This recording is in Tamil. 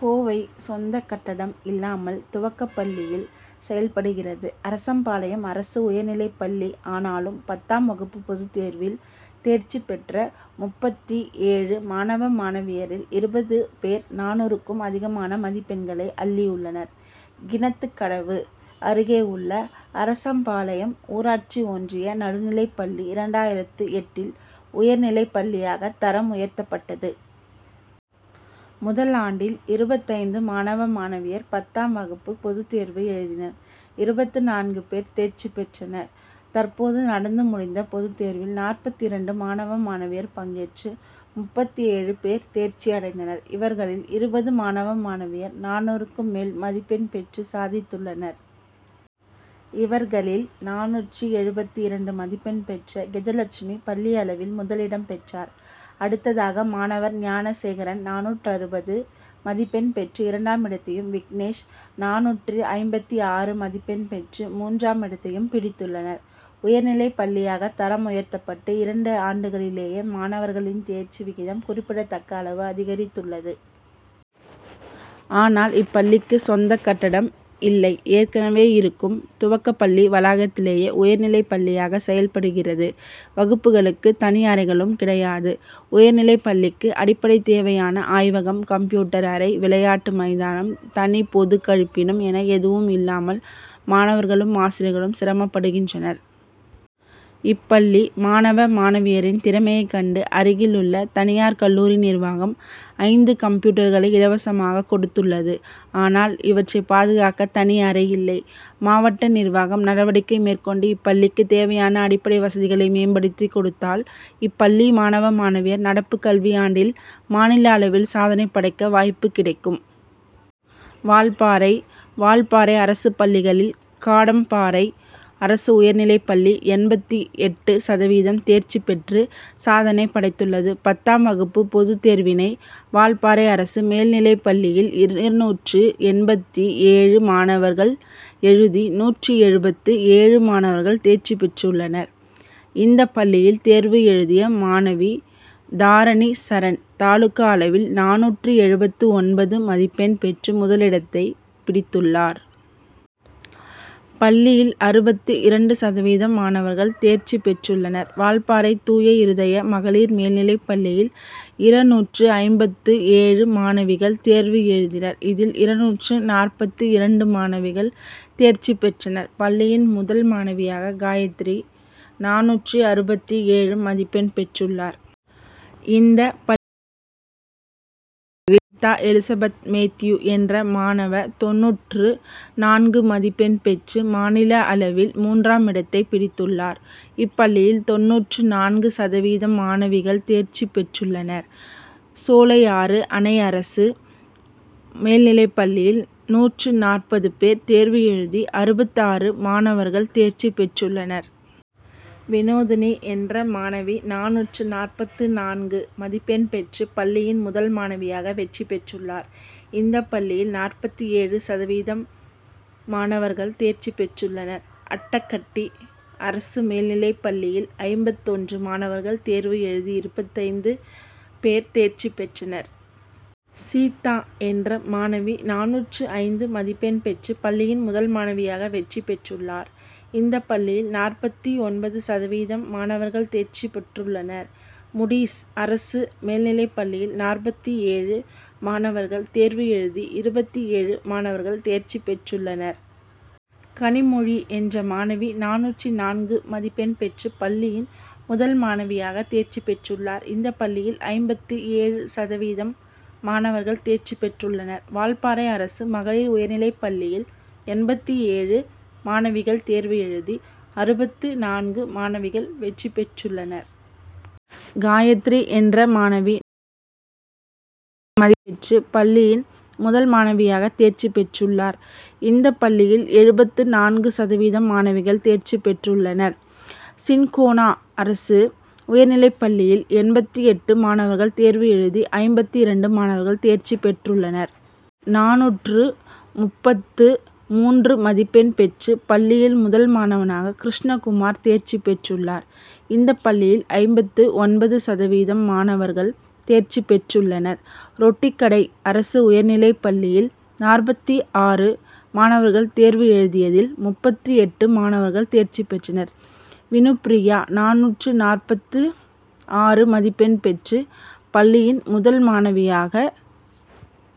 கோவை சொந்த கட்டடம் இல்லாமல் துவக்கப்பள்ளியில் செயல்படுகிறது, அரசம்பாளையம் அரசு உயர் நிலைப்பள்ளி. ஆனாலும், பத்தாம் வகுப்பு பொதுத்தேர்வில் தேர்ச்சி பெற்ற முப்பத்து ஏழு மாணவ, மாணவியரில் இருபது பேர் நானூறுக்கும் அதிகமான மதிப்பெண்களை அள்ளியுள்ளனர். கிணத்துக்கடவு அருகேயுள்ளஅரசம்பாளையம் ஊராட்சி ஒன்றிய நடுநிலைப்பள்ளி, இரண்டாயிரத்து எட்டில் உயர் நிலைப்பள்ளியாக தரம் உயர்த்தப்பட்டது. முதல் ஆண்டில் இருபத்தைந்து மாணவ, மாணவியர் பத்தாம் வகுப்பு பொதுத்தேர்வு எழுதினர் இருபத்து நான்கு பேர் தேர்ச்சி பெற்றனர். தற்போது நடந்து முடிந்த பொதுத்தேர்வில் நாற்பத்து இரண்டு மாணவ, மாணவியர் பங்கேற்று முப்பத்து ஏழு பேர் தேர்ச்சி அடைந்தனர். இவர்களில் இருபது மாணவ, மாணவியர் நானூறுக்கு மேல் மதிப்பெண் பெற்று சாதித்துள்ளனர். இவர்களில் நானூற்று எழுபத்து இரண்டு மதிப்பெண் பெற்ற கெஜலட்சுமி பள்ளி அளவில் முதல் இடம் பெற்றார். அடுத்ததாக, மாணவர் ஞானசேகரன் நானூற்று அறுபது மதிப்பெண் பெற்று இரண்டாம் இடத்தையும், விக்னேஷ் நானூற்று ஐம்பத்து ஆறு மதிப்பெண் பெற்று மூன்றாம் இடத்தையும் பிடித்துள்ளனர். உயர்நிலைப்பள்ளியாக தரம் உயர்த்தப்பட்டு இரண்டு ஆண்டுகளிலேயே மாணவர்களின் தேர்ச்சி விகிதம் குறிப்பிடத்தக்க அளவு அதிகரித்துள்ளது. ஆனால், இப்பள்ளிக்கு சொந்த கட்டடம் இல்லை. ஏற்கனவே இருக்கும் துவக்கப்பள்ளி வளாகத்திலேயே உயர்நிலைப்பள்ளியாக செயல்படுகிறது. வகுப்புகளுக்கு தனி அறைகளும் கிடையாது. உயர்நிலைப்பள்ளிக்கு அடிப் படை தேவையான ஆய்வகம், கம்ப் யூட்டர் அறை, விளையாட்டு மைதானம், தனி பொதுக்கழிப்பிடம் என எதுவும் இல்லாமல் மாணவர்களும், ஆசிரியர்களும் சிரமப்படுகின்றனர். இப்பள்ளி மாணவ, மாணவியரின் திறமையைக் கண்டு, அருகில் உள்ள தனியார் கல்லூரி நிர்வாகம் ஐந்து கம்ப்யூட்டர்களை இலவசமாக கொடுத்துள்ளது. ஆனால், இவற்றை பாதுகாக்க தனி அறை இல்லை. மாவட்ட நிர்வாகம் நடவடிக்கை மேற்கொண்டு இப்பள்ளிக்கு தேவையான அடிப்படை வசதிகளை மேம்படுத்தி கொடுத்தால், இப்பள்ளி மாணவ, மாணவியர் நடப்பு கல்வியாண்டில் மாநில அளவில் சாதனை படைக்க வாய்ப்பு கிடைக்கும். வால்பாறை வால்பாறை அரசு பள்ளிகளில், காடம்பாறை அரசு உயர்நிலைப்பள்ளி எண்பத்து எட்டு சதவீதம் தேர்ச்சி பெற்று சாதனை படைத்துள்ளது. பத்தாம் வகுப்பு பொது தேர்வினை வால்பாறை அரசு மேல்நிலைப்பள்ளியில் இருநூற்று எண்பத்து ஏழு மாணவர்கள் எழுதி, நூற்று எழுபத்து ஏழு மாணவர்கள் தேர்ச்சி பெற்றுள்ளனர். இந்த பள்ளியில் தேர்வு எழுதிய மாணவி தாரணிசரண் தாலுகா அளவில் நானூற்று எழுபத்து ஒன்பது மதிப்பெண் பெற்று முதலிடத்தை பிடித்துள்ளார். பள்ளியில் அறுபத்து இரண்டு சதவீதம் மாணவர்கள் தேர்ச்சி பெற்றுள்ளனர். வால்பாறை தூய இருதய மகளிர் மேல்நிலைப்பள்ளியில் இருநூற்று ஐம்பத்து ஏழு மாணவிகள் தேர்வு எழுதினர். இதில் இருநூற்று நாற்பத்து இரண்டு மாணவிகள் தேர்ச்சி பெற்றனர். பள்ளியின் முதல் மாணவியாக காயத்ரி நானூற்று அறுபத்து ஏழு மதிப்பெண் பெற்றுள்ளார். இந்த பள்ளியில் மலையாள மொழிப்பாடப்பிரிவில் அனிதாஎலிசபெத்மேத்யூ என்ற மாணவ, தொண்ணூற்று நான்கு மதிப்பெண் பெற்று மாநில அளவில் மூன்றாமிடத்தை பிடித்துள்ளார். இப்பள்ளியில் தொண்ணூற்று நான்கு சதவீதம் மாணவிகள் தேர்ச்சி பெற்றுள்ளனர். சோலையாறு அணை அரசு மேல்நிலைப்பள்ளியில் நூற்று நாற்பது பேர் தேர்வு எழுதி அறுபத்து ஆறு மாணவர்கள் தேர்ச்சி பெற்றுள்ளனர். விநோதினி என்ற மாணவி நானூற்று நாற்பத்து நான்கு மதிப்பெண் பெற்று பள்ளியின் முதல் மாணவியாக வெற்றி பெற்றுள்ளார். இந்த பள்ளியில் நாற்பத்து ஏழு சதவீதம் மாணவர்கள் தேர்ச்சி பெற்றுள்ளனர். அட்டகட்டி அரசு மேல்நிலைப்பள்ளியில் ஐம்பத்து ஒன்று மாணவர்கள் தேர்வு எழுதி, இருபத்தைந்து பேர் தேர்ச்சி பெற்றனர். சீதா என்ற மாணவி நானூற்று ஐந்து மதிப்பெண் பெற்று பள்ளியின் முதல் மாணவியாக வெற்றி பெற்றுள்ளார். இந்த பள்ளியில் நாற்பத்து ஒன்பது சதவீதம் மாணவர்கள் தேர்ச்சி பெற்றுள்ளனர். முடீஸ் அரசு மேல்நிலைப்பள்ளியில் நாற்பத்து ஏழு மாணவர்கள் தேர்வு எழுதி, இருபத்து ஏழு மாணவர்கள் தேர்ச்சி பெற்றுள்ளனர். கனிமொழி என்ற மாணவி நானூற்று நான்கு மதிப்பெண் பெற்று பள்ளியின் முதல் மாணவியாக தேர்ச்சி பெற்றுள்ளார். இந்த பள்ளியில் ஐம்பத்து ஏழு சதவீதம் மாணவர்கள் தேர்ச்சி பெற்றுள்ளனர். வால்பாறை அரசு மகளிர் உயர்நிலைப்பள்ளியில் எண்பத்து ஏழு மாணவிகள் தேர்வு எழுதி, அறுபத்து நான்கு மாணவிகள் வெற்றி பெற்றுள்ளனர். காயத்ரி என்ற மாணவி நானூற்று ஐம்பத்து எட்டு மதிப்பெண் பெற்று பள்ளியின் முதல் மாணவியாக தேர்ச்சி பெற்றுள்ளார். இந்த பள்ளியில் எழுபத்து நான்கு சதவீதம் மாணவிகள் தேர்ச்சி பெற்றுள்ளனர். சின்கோனா அரசு உயர்நிலைப்பள்ளியில் எண்பத்து எட்டு மாணவர்கள் தேர்வு எழுதி ஐம்பத்து இரண்டு மாணவர்கள் தேர்ச்சி பெற்றுள்ளனர். நானூற்று முப்பத்து மூன்று மதிப்பெண் பெற்று பள்ளியின் முதல் மாணவனாக கிருஷ்ணகுமார் தேர்ச்சி பெற்றுள்ளார். இந்த பள்ளியில் ஐம்பத்து ஒன்பது சதவீதம் மாணவர்கள் தேர்ச்சி பெற்றுள்ளனர். ரொட்டிக்கடை அரசு உயர்நிலைப்பள்ளியில் நாற்பத்து ஆறு மாணவர்கள் தேர்வு எழுதியதில் முப்பத்து எட்டு மாணவர்கள் தேர்ச்சி பெற்றனர். வினுப்பிரியா நானூற்று நாற்பத்து ஆறு மதிப்பெண் பெற்று பள்ளியின் முதல் மாணவியாக